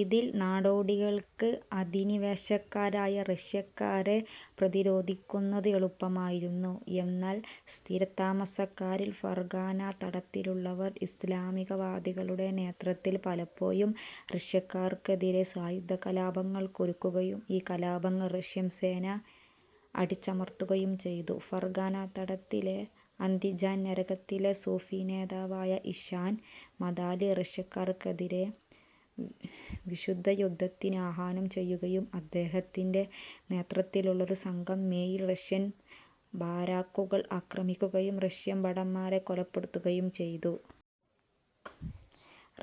ഇതിൽ നാടോടികൾക്ക് അധിനിവേശകരായ റഷ്യക്കാരെ പ്രതിരോധിക്കുന്നത് എളുപ്പമായിരുന്നു. എന്നാൽ സ്ഥിരതാമസക്കാരിൽ ഫെർഗാന തടത്തിലുള്ളവർ ഇസ്ലാമികവാദികളുടെ നേതൃത്വത്തിൽ പലപ്പോഴും റഷ്യക്കാർക്കെതിരെ സായുധകലാപങ്ങൾക്കൊരുങ്ങുകയും ഈ കലാപങ്ങൾ റഷ്യൻ സേന അടിച്ചമർത്തുകയും ചെയ്തു. ഫെർഗാന തടത്തിലെ അന്ദിജാൻ നഗരത്തിലെ സൂഫി നേതാവായ ഇശാൻ മദാലി റഷ്യക്കാർക്കെതിരെ വിശുദ്ധയുദ്ധത്തിന് ആഹ്വാനം ചെയ്യുകയും അദ്ദേഹത്തിന്റെ നേതൃത്വത്തിലുള്ള ഒരു സംഘം മേയിൽ റഷ്യൻ ബാരക്കുകൾ ആക്രമിക്കുകയും റഷ്യൻ ഭടന്മാരെ കൊലപ്പെടുത്തുകയും ചെയ്തു.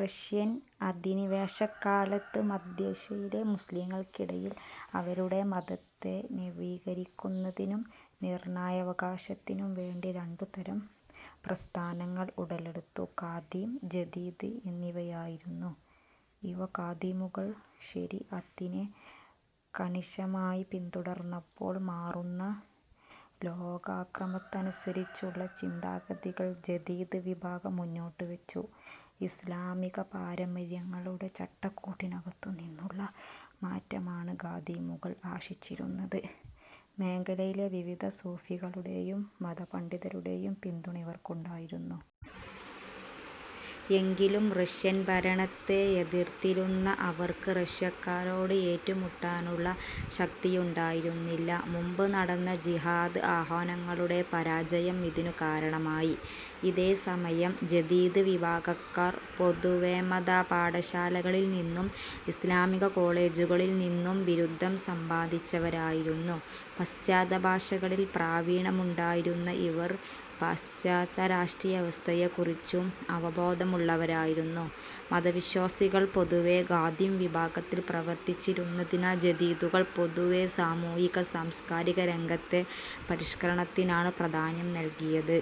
റഷ്യൻ അധിനിവേശകാലത്ത് മദ്ധ്യേഷ്യയിലെ മുസ്ലീങ്ങൾക്കിടയിൽ അവരുടെ മതത്തെ നവീകരിക്കുന്നതിനും നിർണയാവകാശത്തിനും വേണ്ടി രണ്ടുതരം പ്രസ്ഥാനങ്ങൾ ഉടലെടുത്തു. ഖാദിം, ജദീദ് എന്നിവയായിരുന്നു ഇവ. ഖാദിമുകൾ ശരി അത്തിനെ കണിശമായി പിന്തുടർന്നപ്പോൾ മാറുന്ന ലോകക്രമത്തിനുസരിച്ചുള്ള ചിന്താഗതികൾ ജദീദ് വിഭാഗം മുന്നോട്ടുവച്ചു. ഇസ്ലാമികപാരമര്യങ്ങളുടെ ചട്ടക്കൂടിനകത്തുനിന്നുള്ള മാറ്റമാണ് ഖാദിമുകൾ ആശിച്ചിരുന്നത്. മേഖലയിലെ വിവിധ സൂഫികളുടേയും മതപണ്ഡിതരുടേയും പിന്തുണ ഇവർക്കുണ്ടായിരുന്നു. എങ്കിലും റഷ്യൻ ഭരണത്തെ എതിർത്തിരുന്ന അവർക്ക് റഷ്യക്കാരോട് ഏറ്റുമുട്ടാനുള്ള ശക്തിയുണ്ടായിരുന്നില്ല. മുൻപ് നടന്ന ജിഹാദ് ആഹ്വാനങ്ങളുടെ പരാജയം ഇതിനു കാരണമായി. ഇതേ സമയം ജദീദ് വിഭാഗക്കാർ പൊതുവേമതപാഠശാലകളിൽ നിന്നും ഇസ്ലാമികകോളേജുകളിൽ നിന്നും ബിരുദം സമ്പാദിച്ചവരായിരുന്നു. പാശ്ചാത്യഭാഷകളിൽ പ്രാവിണ്യമുണ്ടായിരുന്ന ഇവർ, പാശാത്യരാഷ്ട്രീയവ്യവസ്ഥിയെക്കുറിച്ചും അവബോധമുള്ളവരായിരുന്നു. മതവിശ്വാസികൾ പൊതുവേ ഖാദിം വിഭാഗത്തിൽ പ്രവർത്തിച്ചിരുന്നതിനാൽ ജദീദുകൾ പൊതുവേസാമൂഹിക-സാംസ്കാരികരംഗത്തെ പരിഷ്കരണത്തിനാണ് പ്രാധാന്യം നൽകിയത്.